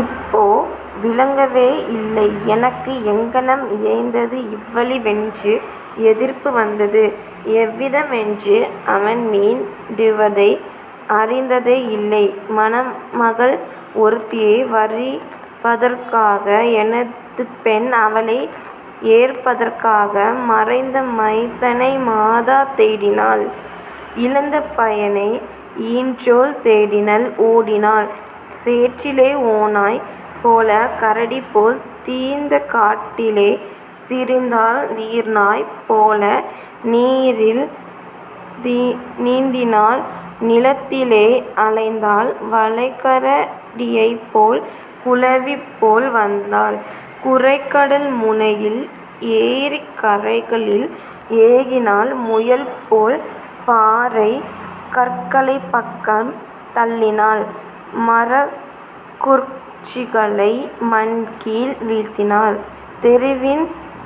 இப்போ விளங்கவே இல்லை எனக்கு எங்ஙனம் இயைந்தது இவ்வழி வென்று எதிர்ப்பு வந்தது எவ்விதம் என்று அவன்மீண் டிடுவதை அறிந்ததே யில்லை மணமகள் ஒருத்தியை வரிப்பதற் காக எனதுபெண் அவளை ஏற்பதற் காக. " மறைந்த மைந்தனை மாதா தேடினள் இழந்த பையனை ஈன்றோள் தேடினள் ஓடினாள் சேற்றிலே ஓநாய் போல கரடிபோல் தீய்ந்த காட்டிலே திரிந்தாள் நீர்நாய் போல நீரில் நீந்தினாள் நிலத்திலே அலைந்தாள் வளைக்கர டியைப்போல் குளவிபோல் வந்தாள் குரைகடல் முனையில் ஏரிக் கரைகளில் ஏகினாள் முயல்போல்; பாறைக் கற்களைப் பக்கம் தள்ளினாள் மரக்குற் றிகளை மண்கீழ் வீழ்த்தினாள் தெருவின்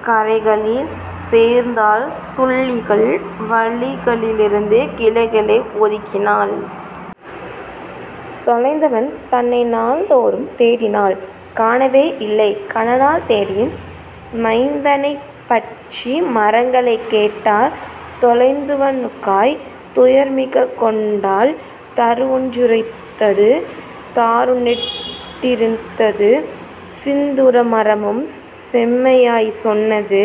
கரைகளில் சேர்த்தாள் சுள்ளிகள் வழிகளி லிருந்து கிளைகளை ஒதுக்கினாள். தொலைந்தவன் தனைநாள் தோறும் தேடினாள் காணவே யில்லை கனநாள் தேடியும் மைந்தனைப் பற்றி மரங்களைக் கேட்டாள் தொலைந்தவ னுக்காய்த் துயர்மிகத் கொண்டாள் தருவொன் றுரைத்தது தாருநெட் டுயிர்த்தது சிந்துர மரமும் செம்மையாய்ச் சொன்னது: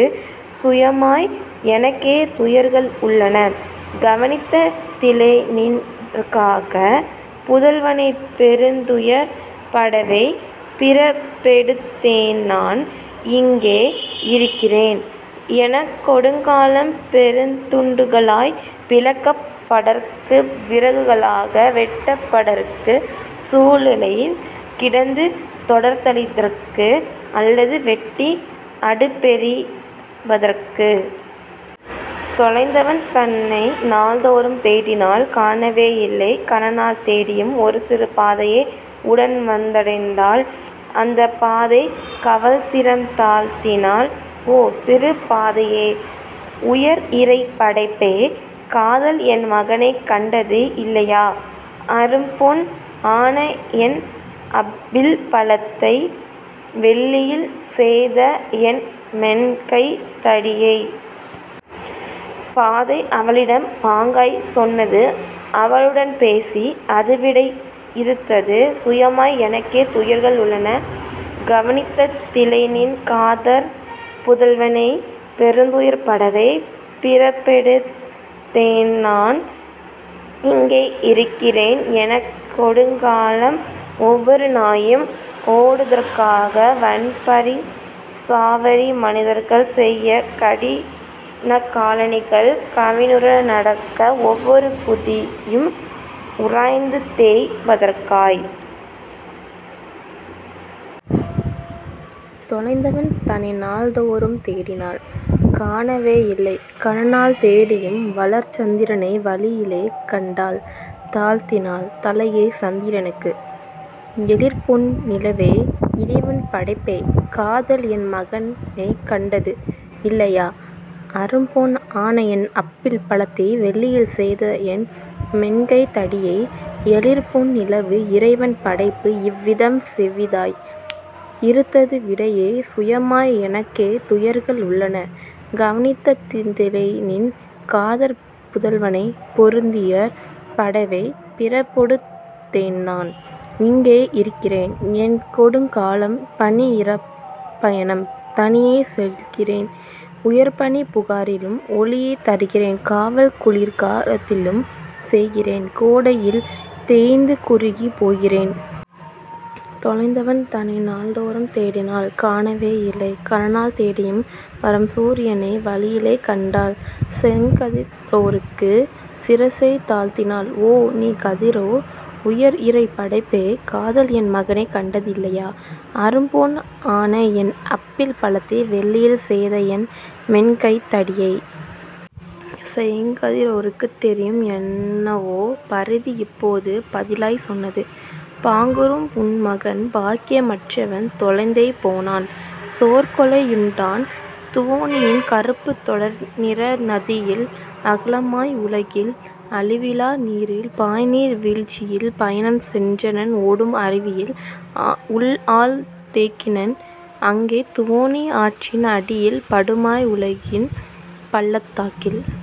"சுயமாய் எனக்கே துயர்கள் உள்ளன கவனித்த திலைநின் காதற் புதல்வனை பெருந்துயர் படவே பிறப்பெடுத் தேன்நான் இங்கே இருக்கிறேன் எனகொடுங் காலம் பெருந்துண் டுகளாய்ப் பிளக்கப் படற்கு விறகுக ளாக வெட்டப் படற்கு சூளையில் கிடந்து தொடர்தழி தற்கு அல்லது வெட்டி அடுப்பெரிப் பதற்கு. " தொலைந்தவன் தனைநாள் தோறும் தேடினாள் காணவே யில்லை கனநாள் தேடியும் ஒருசிறு பாதையை உடன்வந் தடைந்தாள் அந்தப் பாதைக் கவள்சிரம் தாழ்த்தினாள்: "ஓ, சிறு பாதையே, உயர்இறை படைப்பே! காதல்என் மகனைக் கண்டது இல்லையா, அரும்பொன் ஆனஎன் அப்பிள் பழத்தை, வெள்ளியில் செய்தஎன் மென்கைத் தடியை? " பாதை அவளிடம் பாங்காய்ச் சொன்னது அவளுடன் பேசி அதுவிடை யிறுத்தது: "சுயமாய் எனக்கே துயர்கள் உள்ளன கவனித்த திலைநின் காதற் புதல்வனை பெருந்துயர் படவே பிறப்பெடுத் தேன்நான் இங்கே இருக்கிறேன் எனகொடுங் காலம் ஒவ்வொரு நாயும் ஓடுதற் காக வன்பரிச் சவாரி மனிதர்கள் செய்ய கடினகா லணிகள் கவினுற நடக்க ஒவ்வொரு குதியும் உராய்ந்துதேய்ப் பதற்காய். " தொலைந்தவன் தனைநாள் தோறும் தேடினாள் காணவே யில்லை கனநாள் தேடியும் வளர்சந் திரனை வழியிலே கண்டாள் தாழ்த்தினாள் தலையைச் சந்திரனுக்கு: "எழிற்பொன் நிலவே, இறைவன் படைப்பே! காதல்என் மகனைக் கண்டது இல்லையா அரும்பொன் ஆனஎன் அப்பிள் பழத்தை வெள்ளியில் செய்தஎன் மென்கைத் தடியை? " எழிற்பொன் நிலவு இறைவன் படைப்பு இவ்விதம் செவ்விதாய் இறுத்தது விடையே: "சுயமாய் எனக்கே துயர்கள் உள்ளன கவனித்த திலைநின் காதற் புதல்வனை பொருந்துயர் படவே பிறப்பெடுத் தேன்நான் இங்கே இருக்கிறேன் என்கொடுங் காலம் பனிஇராப் பயணம் தனியே செய்கிறேன் உயர்பனிப் புகாரிலும் ஒளியைத் தருகிறேன் காவல் குளிர்கா லத்திலும் செய்கிறேன் கோடையில் தேய்ந்து குறுகிப் போகிறேன். " தொலைந்தவன் தனைநாள் தோறும் தேடினாள் காணவே யில்லை கனநாள் தேடியும் வரும்சூ ரியனை வழியிலே கண்டாள் செங்கதி ரோற்குச் சிரசைத் தாழ்த்தினாள்: "ஓ, நீ கதிரே, உயர்இறைப் படைப்பே! காதல்என் மகனைக் கண்டது இல்லையா அரும்பொன் ஆனஎன் அப்பிள் பழத்தை வெள்ளியில் செய்தஎன் மென்கைத் தடியை? " செங்கதி ரோற்குத் தெரியும் என்னவோ பரிதிஇப் போது பதிலாய்ச் சொன்னது: "பாங்குறும் உன்மகன் பாக்கிய மற்றவன் தொலைந்தே போனான் சோர்கொலை யுண்டான் துவோனியின் கறுப்புத் தொடர்நிற நதியில் அகலமாய் வுலகில் அழிவிலா நீரில் பாய்நீர் வீழ்ச்சியில் பயணம் சென்றனன் ஓடும் அருவியில் உள்ஆழ்ந் தேகினன் அங்கே துவோனி ஆற்றின் அடியில் படுமாய் வுலகின் பள்ளத் தாக்கில்.